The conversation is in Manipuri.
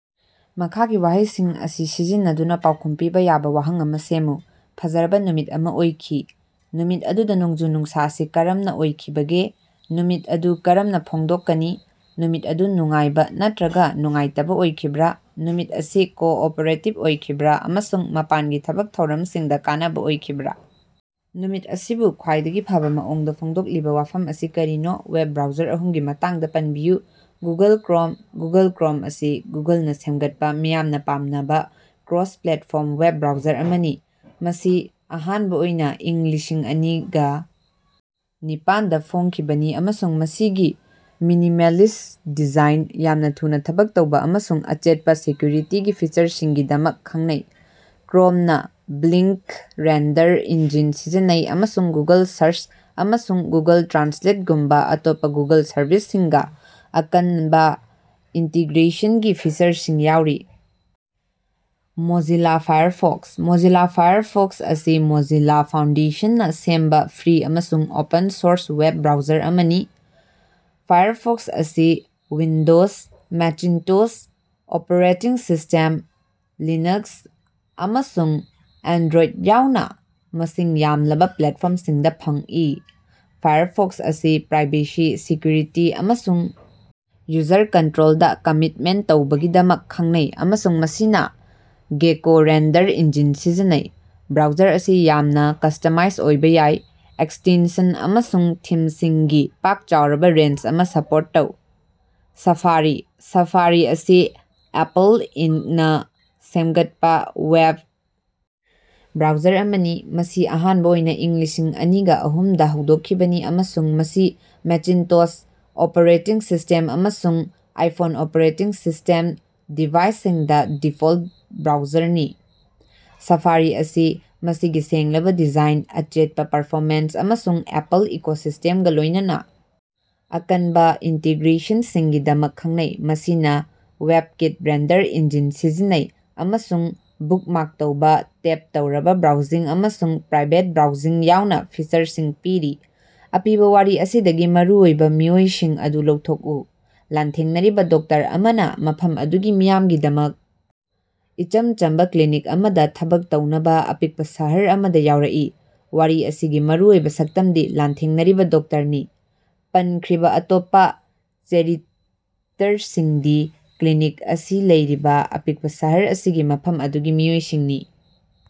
ꯃꯈꯥꯒꯤ ꯋꯥꯍꯩ ꯑꯁꯤ ꯁꯤꯖꯤꯟꯅꯗꯨꯅ ꯄꯥꯎꯈꯨꯝ ꯄꯤꯕ ꯌꯥꯕ ꯋꯥꯍꯪ ꯑꯃ ꯁꯦꯝꯃꯨ꯫ "ꯐꯖꯔꯕ ꯅꯨꯃꯤꯠ ꯑꯃ ꯑꯣꯏꯈꯤ"꯫ ꯅꯨꯃꯤꯠ ꯑꯗꯨꯗ ꯅꯣꯡꯖꯨ-ꯅꯨꯡꯁꯥ ꯑꯁꯤ ꯀꯔꯝꯅ ꯑꯣꯏꯈꯤꯕꯒꯦ? ꯅꯨꯃꯤꯠ ꯑꯗꯨ ꯀꯔꯝꯅ ꯐꯣꯡꯗꯣꯛꯀꯅꯤ? ꯅꯨꯃꯤꯠ ꯑꯗꯨ ꯅꯨꯡꯉꯥꯏꯕ ꯅꯠꯇ꯭ꯔꯒ ꯅꯨꯡꯉꯥꯏꯇꯕ ꯑꯣꯏꯈꯤꯕ꯭ꯔꯥ? ꯅꯨꯃꯤꯠ ꯑꯁꯤ ꯀꯣꯑꯣꯄꯔꯦꯇꯤꯚ ꯑꯣꯏꯈꯤꯕ꯭ꯔꯥ ꯑꯃꯁꯨꯡ ꯃꯄꯥꯟꯒꯤ ꯊꯕꯛ ꯊꯧꯔꯝꯁꯤꯡꯗ ꯀꯥꯟꯅꯕ ꯑꯣꯏꯈꯤꯕ꯭ꯔꯥ? ꯅꯨꯃꯤꯠ ꯑꯁꯤꯕꯨ ꯈ꯭ꯋꯥꯏꯗꯒꯤ ꯐꯕ ꯃꯑꯣꯡꯗ ꯐꯣꯡꯗꯣꯛꯂꯤꯕ ꯋꯥꯐꯝ ꯑꯁꯤ ꯀꯔꯤꯅꯣ? ꯋꯦꯕ ꯕ꯭ꯔꯥꯎꯖꯔ ꯑꯍꯨꯝꯒꯤ ꯃꯇꯥꯡꯗ ꯄꯟꯕꯤꯌꯨ꯫ ꯒꯨꯒꯜ ꯀ꯭ꯔꯣꯝ: ꯒꯨꯒꯜ ꯀ꯭ꯔꯣꯝ ꯑꯁꯤ ꯒꯨꯒꯜꯅ ꯁꯦꯝꯒꯠꯄ ꯃꯤꯌꯥꯝꯅ ꯄꯥꯝꯅꯕ ꯀ꯭ꯔꯣꯁ-ꯄ꯭ꯂꯦꯠꯐꯣꯔꯝ ꯋꯦꯕ ꯕ꯭ꯔꯥꯎꯖꯔ ꯑꯃꯅꯤ꯫ ꯃꯁꯤ ꯑꯍꯥꯟꯕ ꯑꯣꯏꯅ ꯏꯪ ꯂꯤꯁꯤꯡ ꯑꯅꯤꯒ ꯅꯤꯄꯥꯟꯗ ꯐꯣꯡꯈꯤꯕꯅꯤ ꯑꯃꯁꯨꯡ ꯃꯁꯤꯒꯤ ꯃꯤꯅꯤꯃꯦꯜꯂꯤꯁꯠ ꯗꯤꯖꯥꯏꯟ, ꯌꯥꯝꯅ ꯊꯨꯅ ꯊꯕꯛ ꯇꯧꯕ ꯑꯃꯁꯨꯡ ꯑꯆꯦꯠꯄ ꯁꯦꯀ꯭ꯌꯨꯔꯤꯇꯤꯒꯤ ꯐꯤꯆꯔꯁꯤꯡꯒꯤꯗꯃꯛ ꯈꯪꯅꯩ꯫ ꯀ꯭ꯔꯣꯝꯅ ꯕ꯭ꯂꯤꯡꯀ ꯔꯦꯟꯗꯔ ꯏꯟꯖꯤꯟ ꯁꯤꯖꯤꯟꯅꯩ ꯑꯃꯁꯨꯡ ꯒꯨꯒꯜ ꯁꯔꯆ ꯑꯃꯁꯨꯡ ꯒꯨꯒꯜ ꯇ꯭ꯔꯥꯟꯁꯂꯦꯠꯒꯨꯝꯕ ꯑꯇꯣꯞꯄ ꯒꯨꯒꯜ ꯁꯔꯚꯤꯁꯁꯤꯡꯒ ꯑꯀꯟꯕ ꯏꯟꯇꯤꯒ꯭ꯔꯦꯁꯟꯒꯤ ꯐꯤꯆꯔꯁꯤꯡ ꯌꯥꯎꯔꯤ꯫ ꯃꯣꯖꯤꯂꯥ ꯐꯥꯏꯔꯐꯛꯁ: ꯃꯣꯖꯤꯂꯥ ꯐꯥꯏꯔꯐꯛꯁ ꯑꯁꯤ ꯃꯣꯖꯤꯂꯥ ꯐꯥꯎꯟꯗꯦꯁꯟꯅ ꯁꯦꯝꯕ ꯐ꯭ꯔꯤ ꯑꯃꯁꯨꯡ ꯑꯣꯄꯟ-ꯁꯣꯔꯁ ꯋꯦꯕ ꯕ꯭ꯔꯥꯎꯖꯔ ꯑꯃꯅꯤ꯫ ꯐꯥꯏꯔꯐꯛꯁ ꯑꯁꯤ Windows, Macintosh operating system, Linux ꯑꯃꯁꯨꯡ ꯑꯦꯟꯗ꯭ꯔꯣꯏꯗ ꯌꯥꯎꯅ ꯃꯁꯤꯡ ꯌꯥꯝꯂꯕ ꯄ꯭ꯂꯦꯠꯐꯣꯔꯝꯁꯤꯡꯗ ꯐꯪꯏ꯫ ꯐꯥꯏꯔꯐꯛꯁ ꯑꯁꯤ ꯄ꯭ꯔꯥꯏꯚꯦꯁꯤ, ꯁꯦꯀ꯭ꯌꯨꯔꯤꯇꯤ ꯑꯃꯁꯨꯡ ꯌꯨꯖꯔ ꯀꯟꯇ꯭ꯔꯣꯜꯗ ꯀꯝꯃꯤꯠꯃꯦꯟꯇ ꯇꯧꯕꯒꯤꯗꯃꯛ ꯈꯪꯅꯩ ꯑꯃꯁꯨꯡ ꯃꯁꯤꯅ ꯒꯦꯀꯣ ꯔꯦꯟꯗꯔ ꯏꯟꯖꯤꯟ ꯁꯤꯖꯤꯟꯅꯩ꯫ ꯕ꯭ꯔꯥꯎꯖꯔ ꯑꯁꯤ ꯌꯥꯝꯅ ꯀꯁꯇꯃꯥꯏꯁ ꯑꯣꯏꯕ ꯌꯥꯏ꯫ ꯑꯦꯛꯁꯇꯦꯟꯁꯟ ꯑꯃꯁꯨꯡ ꯊꯤꯝꯁꯤꯡꯒꯤ ꯄꯥꯛ ꯆꯥꯎꯔꯕ ꯔꯦꯟꯖ ꯑꯃ ꯁꯄꯣꯔꯠ ꯇꯧꯏ꯫ ꯁꯥꯐꯥꯔꯤ: ꯁꯥꯐꯥꯔꯤ ꯑꯁꯤ ꯑꯦꯄꯜ ꯏꯟꯀꯅ ꯁꯦꯝꯒꯠꯄ ꯋꯦꯕ ꯕ꯭ꯔꯥꯎꯖꯔ ꯑꯃꯅꯤ꯫ ꯃꯁꯤ ꯑꯍꯥꯟꯕ ꯑꯣꯏꯅ ꯏꯪ ꯂꯤꯁꯤꯡ ꯑꯅꯤꯒ ꯑꯍꯨꯝꯗ ꯍꯧꯗꯣꯛꯈꯤꯕꯅꯤ ꯑꯃꯁꯨꯡ ꯃꯁꯤ ꯃꯦꯆꯤꯟꯇꯣꯁ ꯑꯣꯄꯦꯔꯦꯇꯤꯡ ꯁꯤꯁꯇꯦꯝ ꯑꯃꯁꯨꯡ ꯑꯥꯏꯐꯣꯟ ꯑꯣꯄꯦꯔꯦꯇꯤꯡ ꯁꯤꯁꯇꯦꯝ ꯗꯤꯚꯥꯏꯁꯁꯤꯡꯗ ꯗꯤꯐꯣꯜꯇ ꯕ꯭ꯔꯥꯎꯖꯔꯅꯤ꯫ ꯁꯐꯥꯔꯤ ꯑꯁꯤ ꯃꯁꯤꯒꯤ ꯁꯦꯡꯂꯕ ꯗꯤꯖꯥꯏꯟ, ꯑꯆꯦꯠꯄ ꯄꯔꯐꯣꯃꯦꯟꯁ ꯑꯃꯁꯨꯡ ꯑꯦꯄꯜ ꯏꯀꯣꯁꯤꯁꯇꯦꯝꯒ ꯂꯣꯏꯅꯅ ꯑꯀꯟꯕ ꯏꯟꯇꯤꯒ꯭ꯔꯦꯁꯟꯒꯤꯗꯃꯛ ꯈꯪꯅꯩ꯫ ꯃꯁꯤꯅ ꯋꯦꯕꯀꯤꯠ ꯔꯦꯟꯗꯔ ꯏꯟꯖꯤꯟ ꯁꯤꯖꯤꯟꯅꯩ ꯑꯃꯁꯨꯡ ꯕꯨꯛꯃꯥꯔꯛ ꯇꯧꯕ, ꯇꯦꯕ ꯇꯧꯔꯕ ꯕ꯭ꯔꯥꯎꯖꯤꯡ ꯑꯃꯁꯨꯡ ꯄ꯭ꯔꯥꯏꯚꯦꯠ ꯕ꯭ꯔꯥꯎꯖꯤꯡ ꯌꯥꯎꯅ ꯐꯤꯆꯔꯁꯤꯡ ꯄꯤꯔꯤ꯫ ꯑꯄꯤꯕ ꯋꯥꯔꯤ ꯑꯁꯤꯗꯒꯤ ꯃꯔꯨꯑꯣꯏꯕ ꯃꯤꯑꯣꯏꯁꯤꯡ ꯑꯗꯨ ꯂꯧꯊꯣꯛꯎ꯫ ꯂꯥꯟꯊꯦꯡꯅꯔꯤꯕ ꯗꯣꯛꯇꯔ ꯑꯃꯅ ꯃꯐꯝ ꯑꯗꯨꯒꯤ ꯃꯤꯌꯥꯝꯒꯤꯗꯃꯛ ꯏꯆꯝ ꯆꯝꯕ ꯀ꯭ꯂꯤꯅꯤꯛ ꯑꯃꯗ ꯊꯕꯛ ꯇꯧꯅꯕ ꯑꯄꯤꯛꯄ ꯁꯍꯔ ꯑꯃꯗ ꯌꯧꯔꯛꯏ꯫ ꯋꯥꯔꯤ ꯑꯁꯤꯒꯤ ꯃꯔꯨꯑꯣꯏꯕ ꯁꯛꯇꯝꯗꯤ ꯂꯥꯟꯊꯦꯡꯅꯔꯤꯕ ꯗꯣꯛꯇꯔꯅꯤ꯫ ꯄꯟꯈ꯭ꯔꯤꯕ ꯑꯇꯣꯞꯄ ꯆꯦꯔꯤꯇꯔꯁꯤꯡꯗꯤ ꯀ꯭ꯂꯤꯅꯤꯛ ꯑꯁꯤ ꯂꯩꯔꯤꯕ ꯑꯄꯤꯛꯄ ꯁꯍꯔ ꯑꯁꯤꯒꯤ ꯃꯐꯝ ꯑꯗꯨꯒꯤ ꯃꯤꯑꯣꯏꯁꯤꯡꯅꯤ꯫